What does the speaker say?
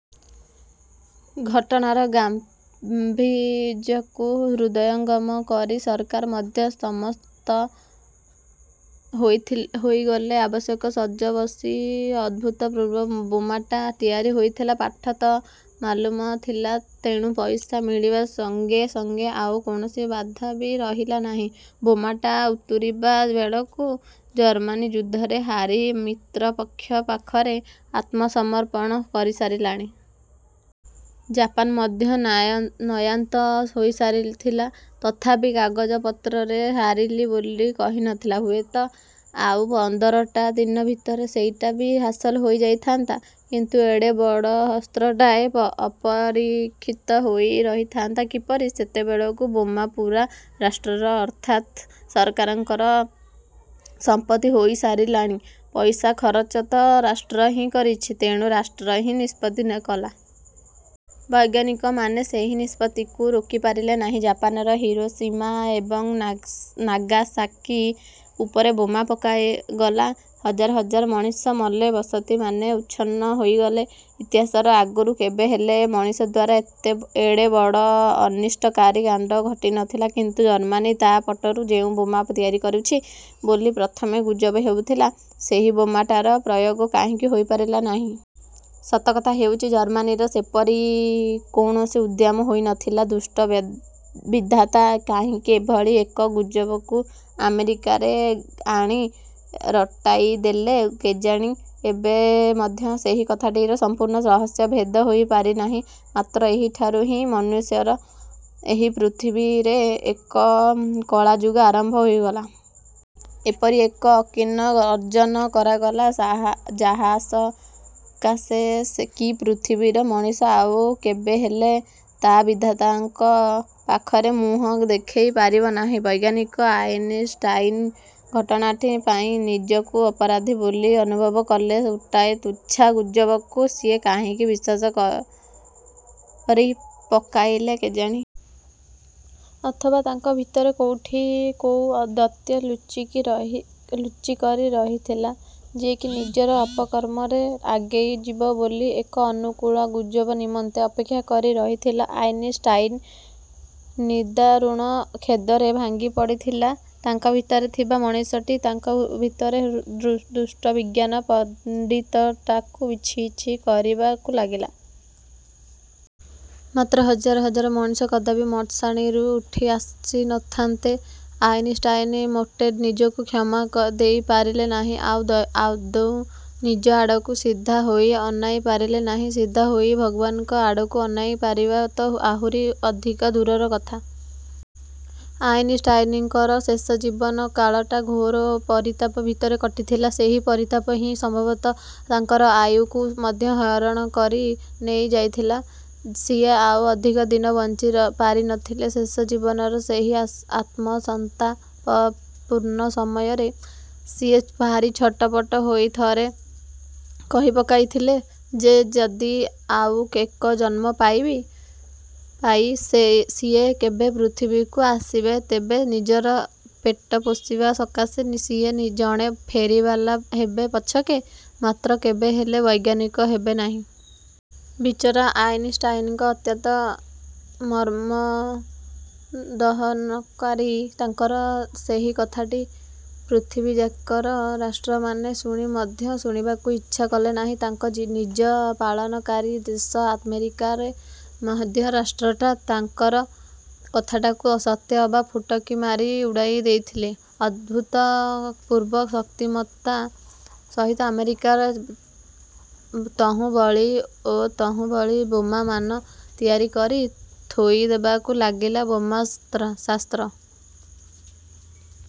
ଘଟଣାର ଗାମ୍ଭୀର୍ଯ୍ୟକୁ ହୃଦୟଙ୍ଗମ କରି ସରକାର ମଧ୍ୟ ସମ୍ମତ ହୋଇଗଲେ। ଆବଶ୍ୟକ ସଜ ବସି ଅଭୂତପୂର୍ବ ବୋମାଟା ତିଆରି ହୋଇଗଲା। ପାଠ ତ ମାଲୁମ ଥିଲା, ତେଣୁ ପଇସା ମିଳିବା ସଂଗେ ସଂଗେ ଆଉ କୌଣସି ବାଧା ବି ରହିଲା ନାହିଁ। ବୋମାଟା ଉତୁରିବା ବେଳକୁ ଜର୍ମାନୀ ଯୁଦ୍ଧରେ ହାରି ମିତ୍ରପକ୍ଷ ପାଖରେ ଆତ୍ମସମର୍ପଣ କରିସାରିଲାଣି। ଜାପାନ ମଧ୍ୟ ନାୟା ନୟାନ୍ତ ହୋଇ ସାରିଥିଲା, ତଥାପି କାଗଜପତ୍ରରେ ହାରିଲି ବୋଲି କହିନଥିଲା। ହୁଏତ ଆଉ ପନ୍ଦରଟା ଦିନ ଭିତରେ ସେଇଟା ବି ହାସଲ ହୋଇଯାଇଥାନ୍ତା କିନ୍ତୁ ଏଡ଼େ ବଡ଼ ଅସ୍ତ୍ରଟାଏ ଅପରୀକ୍ଷିତ ହୋଇ ରହିଥାନ୍ତା କିପରି? ସେତେବେଳକୁ ବୋମା ପୂରା ରାଷ୍ଟ୍ରର ଅର୍ଥାତ୍ ସରକାରଙ୍କର ସମ୍ପତ୍ତି ହୋଇ ସାରିଲାଣି, ପଇସା ଖରଚ ତ ରାଷ୍ଟ୍ର ହିଁ କରିଛି, ତେଣୁ ରାଷ୍ଟ୍ର ହିଁ ନିଷ୍ପତ୍ତି ନି କଲା। ବୈଜ୍ଞାନିକମାନେ ସେହି ନିଷ୍ପତ୍ତିକୁ ରୋକିପାରିଲେ ନାହିଁ। ଜାପାନର ହିରୋସୀମା ଏବଂ ନାଗାସ୍ ନାଗାସାକୀ ଉପରେ ବୋମା ପକାଇ ପକାଗଲା। ହଜାର ହଜାର ମଣିଷ ମଲେ, ବସତିମାନେ ଉଚ୍ଛନ୍ନ ହୋଇଗଲେ। ଇତିହାସରେ ଆଗରୁ କେବେହେଲେ ମଣିଷ ଦ୍ଵାରା ଏଡ଼େ ବଡ଼ ଅନିଷ୍ଟକାରୀ କାଣ୍ଡ ଘଟିନଥିଲା। କିନ୍ତୁ ଜର୍ମାନୀ ତା ପଟରୁ ଯେଉଁ ବୋମା ତିଆରି କରୁଛି ବୋଲି ପ୍ରଥମେ ଗୁଜବ ହେଉଥିଲା, ସେହି ବୋମାଟାର ପ୍ରୟୋଗ କାହିଁକି ହୋଇପାରିଲା ନାହିଁ? ସତକଥା ହେଉଛି, ଜର୍ମାନୀରେ ସେପରି କୌଣସି ଉଦ୍ୟମ ହୋଇନଥିଲା। ଦୁଷ୍ଟ ବ୍ୟକ୍ ବିଧାତା କାହିଁକି ଏଭଳି ଏକ ଗୁଜବକୁ ଆମେରିକାରେ ଆଣି ରଟାଇଦେଲେ କେଜାଣି? ଏବେ ମଧ୍ୟ ସେହି କଥାଟିର ସମ୍ପୂର୍ଣ୍ଣ ରହସ୍ୟଭେଦ ହୋଇପାରି ନାହିଁ। ମାତ୍ର ଏହିଠାରୁ ହିଁ ମନୁଷ୍ୟର ଏହି ପୃଥିବୀରେ ଏକ କଳାଯୁଗ ଆରମ୍ଭ ହୋଇଗଲା। ଏପରି ଏକ ଅକୀର୍ତ୍ତି ଅର୍ଜନ କରାଗଲା, ଯାହାସକାଶେ କି ପୃଥିବୀର ମଣିଷ ଆଉ କେବେହେଲେ ତା ବିଧାତାଙ୍କ ପାଖରେ ମୁହଁ ଦେଖାଇ ପାରିବ ନାହିଁ। ବୈଜ୍ଞାନିକ ଆଇନଷ୍ଟାଇନ ଘଟଣାଟି ପାଇଁ ନିଜକୁ ଅପରାଧୀ ବୋଲି ଅନୁଭବ କଲେ। ଗୋଟାଏ ତୁଚ୍ଛା ଗୁଜବକୁ ସିଏ କାହିଁକି ବିଶ୍ୱାସ କରିପକାଇଲେ କେଜାଣି? ଅଥବା ତାଙ୍କ ଭିତରେ କୋଉଠି କୋଉ ଦୈତ୍ୟ ଲୁଚିକରି ରହିଥିଲା, ଯିଏକି ନିଜର ଅପକର୍ମରେ ଆଗେଇଯିବ ବୋଲି ଏକ ଅନୁକୂଳ ଗୁଜବ ନିମନ୍ତେ ଅପେକ୍ଷା କରି ରହିଥିଲା। ଆଇନଷ୍ଟାଇନ ନିଦାରୁଣ ଖେଦରେ ଭାଙ୍ଗି ପଡ଼ିଥିଲେ। ତାଙ୍କ ଭିତରେ ଥିବା ମଣିଷଟି ତାଙ୍କ ଭିତରେ ଦୁ ଦୁଷ୍ଟ ବିଜ୍ଞାନ ପଣ୍ଡିତଟାକୁ ଛି ଛି କରିବାକୁ ଲାଗିଲା। ମାତ୍ର, ହଜାର ହଜାର ମଣିଷ କଦାପି ମଶାଣିରୁ ଉଠି ଆସିନଥାନ୍ତେ। ଆଇନଷ୍ଟାଇନ ମୋଟେ ନିଜକୁ କ୍ଷମା ଦେଇପାରିଲେ ନାହିଁ । ଆଉ ଆଦୌ ନିଜ ଆଡ଼କୁ ସିଧାହୋଇ ଅନାଇ ପାରିଲେ ନାହିଁ। ସିଧାହୋଇ ଭଗବାନଙ୍କ ଆଡ଼କୁ ଅନାଇ ପାରିବା ତ ଆହୁରି ଅଧିକ ଦୂରର କଥା। ଆଇନଷ୍ଟାଇନଙ୍କର ଶେଷ ଜୀବନକାଳଟା ଘୋର ପରିତାପ ଭିତରେ କଟିଥିଲା। ସେହି ପରିତାପ ହିଁ ସମ୍ଭବତଃ ତାଙ୍କର ଆୟୁକୁ ମଧ୍ୟ ହରଣ କରି ନେଇ ଯାଇଥିଲା। ସିଏ ଆଉ ଅଧିକ ଦିନ ବଞ୍ଚି ପାରିନଥିଲେ। ଶେଷ ଜୀବନର ସେହି ଆତ୍ମସନ୍ତାପପୂର୍ଣ୍ଣ ସମୟରେ ସିଏ ଭାରି ଛଟପଟ ହୋଇ ଥରେ କହି ପକାଇଥିଲେ ଯେ ଯଦି ଆଉ ଏକ ଜନ୍ମ ପାଇ ସିଏ କେବେ ପୃଥିବୀକୁ ଆସିବେ, ତେବେ ନିଜର ପେଟ ପୋଷିବା ସକାଶେ ସିଏ ଜଣେ ଫେରିବାଲା ହେବେ ପଛକେ, ମାତ୍ର କେବେହେଲେ ବୈଜ୍ଞାନିକ ହେବେନାହିଁ। ବିଚରା ଆଇନଷ୍ଟାଇନ ଅତ୍ୟନ୍ତ ମର୍ମଦହନକାରୀ ତାଙ୍କର ସେହି କଥାଟି ପୃଥିବୀଯାକର ରାଷ୍ଟ୍ରମାନେ ଶୁଣି ମଧ୍ୟ ଶୁଣିବାକୁ ଇଚ୍ଛା କଲେନାହିଁ। ତାଙ୍କ ନିଜ ପାଳନକାରୀ ଦେଶ ଆମେରିକାରେ ମଧ୍ୟ ରାଷ୍ଟ୍ରଟା ତାଙ୍କର କଥାଟାକୁ ସତେ ଅବା ଫୁଟକି ମାରି ଉଡ଼ାଇ ଦେଇଥିଲା। ଅଭୂତପୂର୍ବ ଶକ୍ତିମତ୍ତା ସହିତ ଆମେରିକା ତହୁଁବଳି ଓ ତହୁଁବଳି ବୋମାମାନ ତିଆରି କରି ଥୋଇଦେବାକୁ ଲାଗିଲା। ବୋମା ଶାସ୍ତ୍ର